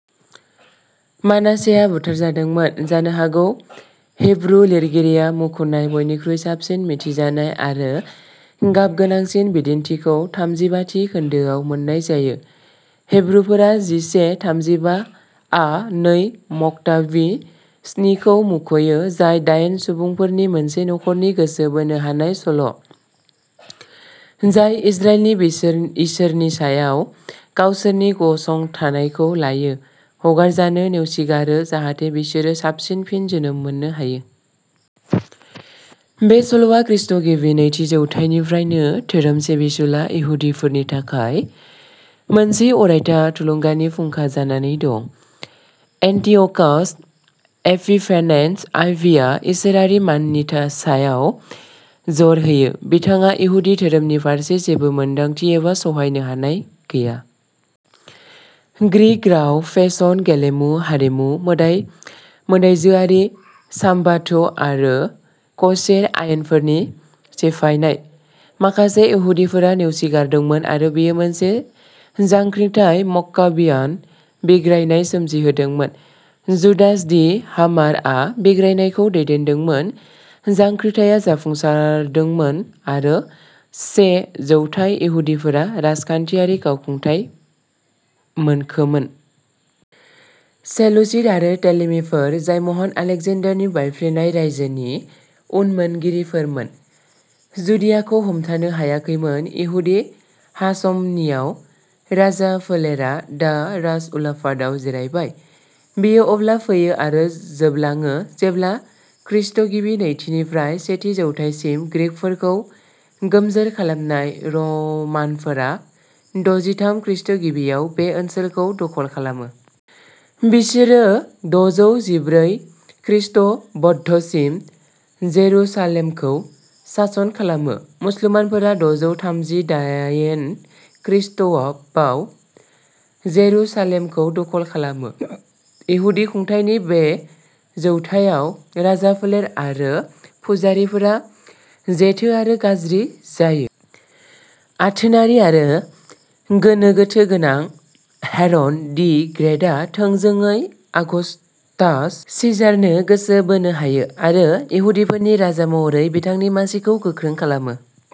मानासेहआ बुथारजादोंमोन। जानो हागौ हिब्रु लिरगिरिया मुंख'नाय बयनिख्रुइ साबसिन मिथिजानाय आरो गाबगोनांसिन बिदिन्थिखौ थामजिबा थि खोन्दोआव मोन्नाय जायो। हिब्रुफोरा जिसे थामजिबा आ नै मक्काबी स्नि खौ मुंख'यो, जाय दायेन सुबुंफोरनि मोनसे नखरनि गोसो बोनो हानाय सल' जाय इजराइलनि इसोरनि सायाव गावसोरनि गसंथानायखौ लायो, हगारजानो नेवसिगारो जाहाथे बिसोरो साबसिन फिन जोनोम मोननो हायो। बे सल'आ खृष्टगिबि नैथि जौथायनिफ्रायनो धोरोम सिबिसुला इहुदिफोरनि थाखाय मोनसे अरायथा थुलुंगानि फुंखा जानानै दं। एन्टिअ'कास एपिफेनेस आइ भि आ इसोरारि माननि सायाव जर होयो। बिथांहा इहुदि धोरोमनि फारसे जेबो मोनदांथि एबा सहायनो हानाय गैया। ग्रीक राव, फेशन, गेलेमु, हारिमु, मोदाय-मोदायजोआरि। साब्बाथ आरो कसेर आयेनफोरनि सिफायनाय। माखासे इहुदिफोरा नेवसिगारदोंमोन आरो बेयो मोनसे जांख्रिथाय, मक्काबियान बिग्रायनाय, सोमजिहोदोंमोन। जुडास दि हामार आ बिग्रायनायखौ दैदेनदोंमोन। जांख्रिथाया जाफुंसारदोंमोन आरो से जौथाय इहुदिफोरा राजखान्थियारि गावखुंथाय मोनखोमोन। सेलुसिड आरो टलेमिफोर, जाय महान आलेकजेन्डारनि बायफ्लेनाय रायजोनि उनमोनगिरिफोरमोन, जुदियाखौ हमथानो हायाखैमोन। इहुदि हासमनियान राजाफोलेरा दा राजउलाफादाव जिरायबाय। बेयो अब्ला फैयो आरो जोबलाङो जेब्ला खृष्टगिबि नैथिनिफ्राय सेथि जौथायसिम ग्रीकफोरखौ गोमजोर खालामनाय रमानफोरा दजिथाम खृष्टगिबिआव बे ओनसोलखौ दखल खालामो। बिसोरो दजौ जिब्रै खृष्टाब्दसिम जेरुसालेमखौ सासन खालामो। मुसलमानफोरा दजौ थामजिदायेन खृष्टाब्दआव जेरुसालेमखौ दखल खालामो। इहुदि खुंथायनि बे जौथाइआव, राजाफोलेर आरो पुजारीफोरा जेथो आरो गाज्रि जायो। आथोनारि आरो गोनो गोथो गोनां हेर'ड दि ग्रेटआ थोंजोङै आगस्तास सिजारनो गोसो बोनो हायो आरो इहुदिफोरनि राजा महरै बिथांनि मासिखौ गोख्रों खालामो।